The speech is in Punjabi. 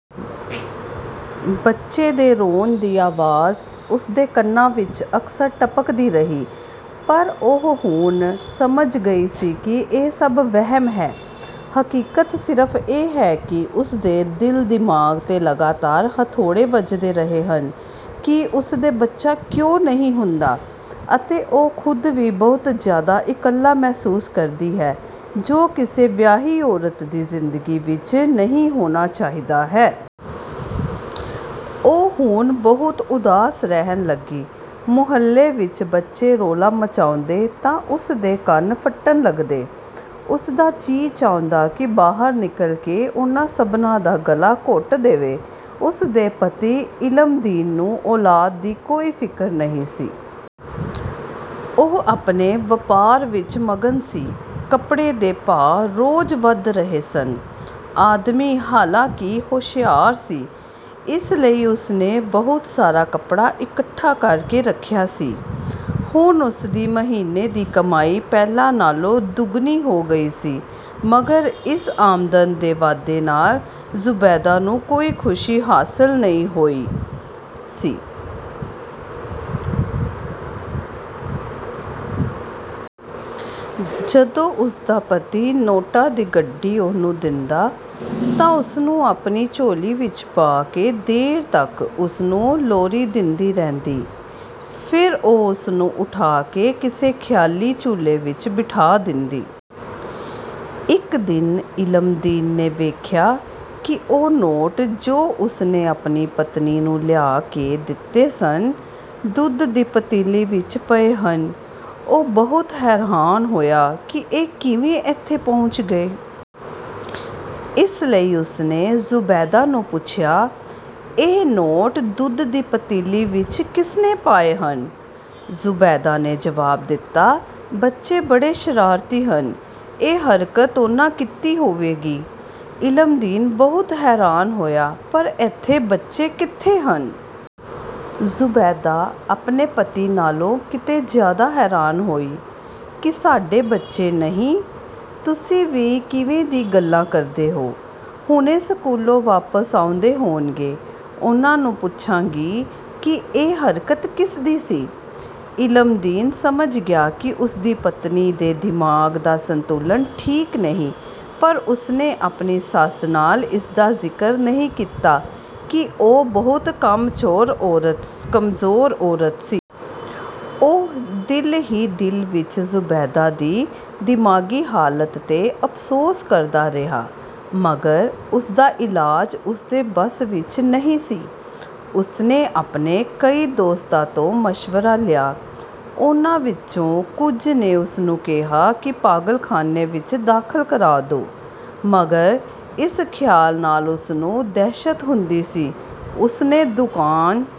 ਬੱਚੇ ਦੇ ਰੋਣ ਦੀ ਅਵਾਜ਼ ਉਸਦੇ ਕੰਨਾਂ ਵਿੱਚ ਅਕਸਰ ਟਪਕਦੀ ਰਹੀ, ਪਰ ਉਹ ਹੁਣ ਸਮਝ ਗਈ ਸੀ ਕਿ ਇਹ ਸਭ ਵਹਿਮ ਹੈ। ਹਕੀਕਤ ਸਿਰਫ਼ ਇਹ ਹੈ ਕਿ ਉਸਦੇ ਦਿਲ-ਦਿਮਾਗ਼ ਤੇ ਲਗਾਤਾਰ ਹਥੌੜੇ ਵੱਜਦੇ ਰਹੇ ਹਨ ਕਿ ਉਸਦੇ ਬੱਚਾ ਕਿਉਂ ਨਹੀਂ ਹੁੰਦਾ, ਅਤੇ ਉਹ ਖ਼ੁਦ ਵੀ ਬਹੁਤ ਜ਼ਿਆਦਾ ਇਕੱਲਾ ਮਹਿਸੂਸ ਕਰਦੀ ਹੈ ਜੋ ਕਿਸੇ ਵਿਆਹੀ ਔਰਤ ਦੀ ਜ਼ਿੰਦਗੀ ਵਿੱਚ ਨਹੀਂ ਹੋਣਾ ਚਾਹੀਦਾ ਹੈ। ਉਹ ਹੁਣ ਬਹੁਤ ਉਦਾਸ ਰਹਿਣ ਲੱਗੀ। ਮੁਹੱਲੇ ਵਿੱਚ ਬੱਚੇ ਰੌਲਾ ਮਚਾਉਂਦੇ ਤਾਂ ਉਸਦੇ ਕੰਨ ਫਟਣ ਲੱਗਦੇ। ਉਸਦਾ ਜੀ ਚਾਹੁੰਦਾ ਕਿ ਬਾਹਰ ਨਿਕਲ ਕੇ ਉਨ੍ਹਾਂ ਸਭਨਾਂ ਦਾ ਗਲਾ ਘੁੱਟ ਦੇਵੇ। ਉਸਦੇ ਪਤੀ ਇਲਮਦੀਨ ਨੂੰ ਔਲਾਦ ਦੀ ਕੋਈ ਫ਼ਿਕਰ ਨਹੀਂ ਸੀ। ਉਹ ਆਪਣੇ ਵਪਾਰ ਵਿੱਚ ਮਗਨ ਸੀ। ਕੱਪੜੇ ਦੇ ਭਾਅ ਰੋਜ਼ ਵਧ ਰਹੇ ਸਨ। ਆਦਮੀ ਹਾਲਾਂਕਿ ਹੋਸ਼ਿਆਰ ਸੀ, ਇਸ ਲਈ ਉਸਨੇ ਬਹੁਤ ਸਾਰਾ ਕੱਪੜਾ ਇਕੱਠਾ ਕਰਕੇ ਰੱਖਿਆ ਸੀ। ਹੁਣ ਉਸਦੀ ਮਹੀਨੇ ਦੀ ਕਮਾਈ ਪਹਿਲਾਂ ਨਾਲ਼ੋਂ ਦੁੱਗਣੀ ਹੋ ਗਈ ਸੀ, ਮਗਰ ਇਸ ਆਮਦਨ ਦੇ ਵਾਧੇ ਨਾਲ਼ ਜ਼ੁਬੈਦਾ ਨੂੰ ਕੋਈ ਖੁਸ਼ੀ ਹਾਸਲ ਨਹੀਂ ਹੋਈ ਸੀ। ਜਦੋਂ ਉਸਦਾ ਪਤੀ ਨੋਟਾਂ ਦੀ ਗੱਡੀ ਉਹਨੂੰ ਦਿੰਦਾ, ਤਾਂ ਉਸਨੂੰ ਆਪਣੀ ਝੋਲੀ ਵਿੱਚ ਪਾ ਕੇ ਦੇਰ ਤੱਕ ਉਸ ਨੂੰ ਲੋਰੀ ਦਿੰਦੀ ਰਹਿੰਦੀ, ਫਿਰ ਉਹ ਉਸ ਨੂੰ ਉਠਾ ਕੇ ਕਿਸੇ ਖ਼ਿਆਲੀ ਝੂਲੇ ਵਿੱਚ ਬਿਠਾ ਦਿੰਦੀ। ਇੱਕ ਦਿਨ ਇਲਮਦੀਨ ਨੇ ਵੇਖਿਆ ਕਿ ਉਹ ਨੋਟ ਜੋ ਉਸਨੇ ਆਪਣੀ ਪਤਨੀ ਨੂੰ ਲਿਆ ਕੇ ਦਿੱਤੇ ਸਨ, ਦੁੱਧ ਦੀ ਪਤੀਲੀ ਵਿੱਚ ਪਏ ਹਨ। ਉਹ ਬਹੁਤ ਹੈਰਾਨ ਹੋਇਆ ਕਿ ਇਹ ਕਿਵੇਂ ਇੱਥੇ ਪਹੁੰਚ ਗਏ। ਇਸ ਲਈ ਉਸਨੇ ਜ਼ੁਬੈਦਾ ਨੂੰ ਪੁੱਛਿਆ, "ਇਹ ਨੋਟ ਦੁੱਧ ਦੀ ਪਤੀਲੀ ਵਿੱਚ ਕਿਸਨੇ ਪਾਏ ਹਨ?" ਜ਼ੁਬੈਦਾ ਨੇ ਜਵਾਬ ਦਿੱਤਾ, "ਬੱਚੇ ਬੜੇ ਸ਼ਰਾਰਤੀ ਹਨ, ਇਹ ਹਰਕਤ ਉਨ੍ਹਾਂ ਕੀਤੀ ਹੋਵੇਗੀ।" ਇਲਮਦੀਨ ਬਹੁਤ ਹੈਰਾਨ ਹੋਇਆ, "ਪਰ ਇੱਥੇ ਬੱਚੇ ਕਿੱਥੇ ਹਨ?" ਜ਼ੁਬੈਦਾ ਆਪਣੇ ਪਤੀ ਨਾਲ਼ੋਂ ਕਿਤੇ ਜ਼ਿਆਦਾ ਹੈਰਾਨ ਹੋਈ, "ਕੀ ਸਾਡੇ ਬੱਚੇ ਨਹੀਂ? ਤੁਸੀਂ ਵੀ ਕਿਵੇਂ ਦੀ ਗੱਲਾਂ ਕਰਦੇ ਹੋ? ਹੁਣੇ ਸਕੂਲੋਂ ਵਾਪਸ ਆਉਂਦੇ ਹੋਣਗੇ, ਉਨ੍ਹਾਂ ਨੂੰ ਪੁੱਛਾਂਗੀ ਕਿ ਇਹ ਹਰਕਤ ਕਿਸਦੀ ਸੀ।" ਇਲਮਦੀਨ ਸਮਝ ਗਿਆ ਕਿ ਉਸਦੀ ਪਤਨੀ ਦੇ ਦਿਮਾਗ਼ ਦਾ ਸਤੁੰਲਨ ਨੀਕ ਨਹੀਂ, ਪਰ ਉਸਨੇ ਆਪਣੀ ਸੱਸ ਨਾਲ਼ ਇਸਦਾ ਜ਼ਿਕਰ ਨਹੀਂ ਕੀਤਾ ਕਿ ਉਹ ਬਹੁਤ ਕਮਜ਼ੋਰ ਔਰਤ ਸੀ। ਉਹ ਦਿਲ ਹੀ ਦਿਲ ਵਿੱਚ ਜ਼ੁਬੈਦਾ ਦੀ ਦਿਮਾਗ਼ੀ ਹਾਲਤ ਤੇ ਅਫ਼ਸੋਸ ਕਰਦਾ ਰਿਹਾ, ਮਗਰ ਉਸਦਾ ਇਲਾਜ ਉਸਦੇ ਬਸ ਵਿੱਚ ਨਹੀਂ ਸੀ। ਉਸਨੇ ਆਪਣੇ ਕਈ ਦੋਸਤਾਂ ਤੋਂ ਮਸ਼ਵਰਾ ਲਿਆ। ਉਨ੍ਹਾਂ ਵਿਚੋਂ ਕੁਝ ਨੇ ਉਸਨੂੰ ਕਿਹਾ ਕਿ ਪਾਗਲਖਾਨੇ ਵਿੱਚ ਦਾਖ਼ਲ ਕਰਾ ਦੋ, ਮਗਰ ਇਸ ਖ਼ਿਆਲ ਨਾਲ਼ ਉਸਨੂੰ ਦਹਿਸ਼ਤ ਹੁੰਦੀ ਸੀ। ਉਸਨੇ ਦੁਕਾਨ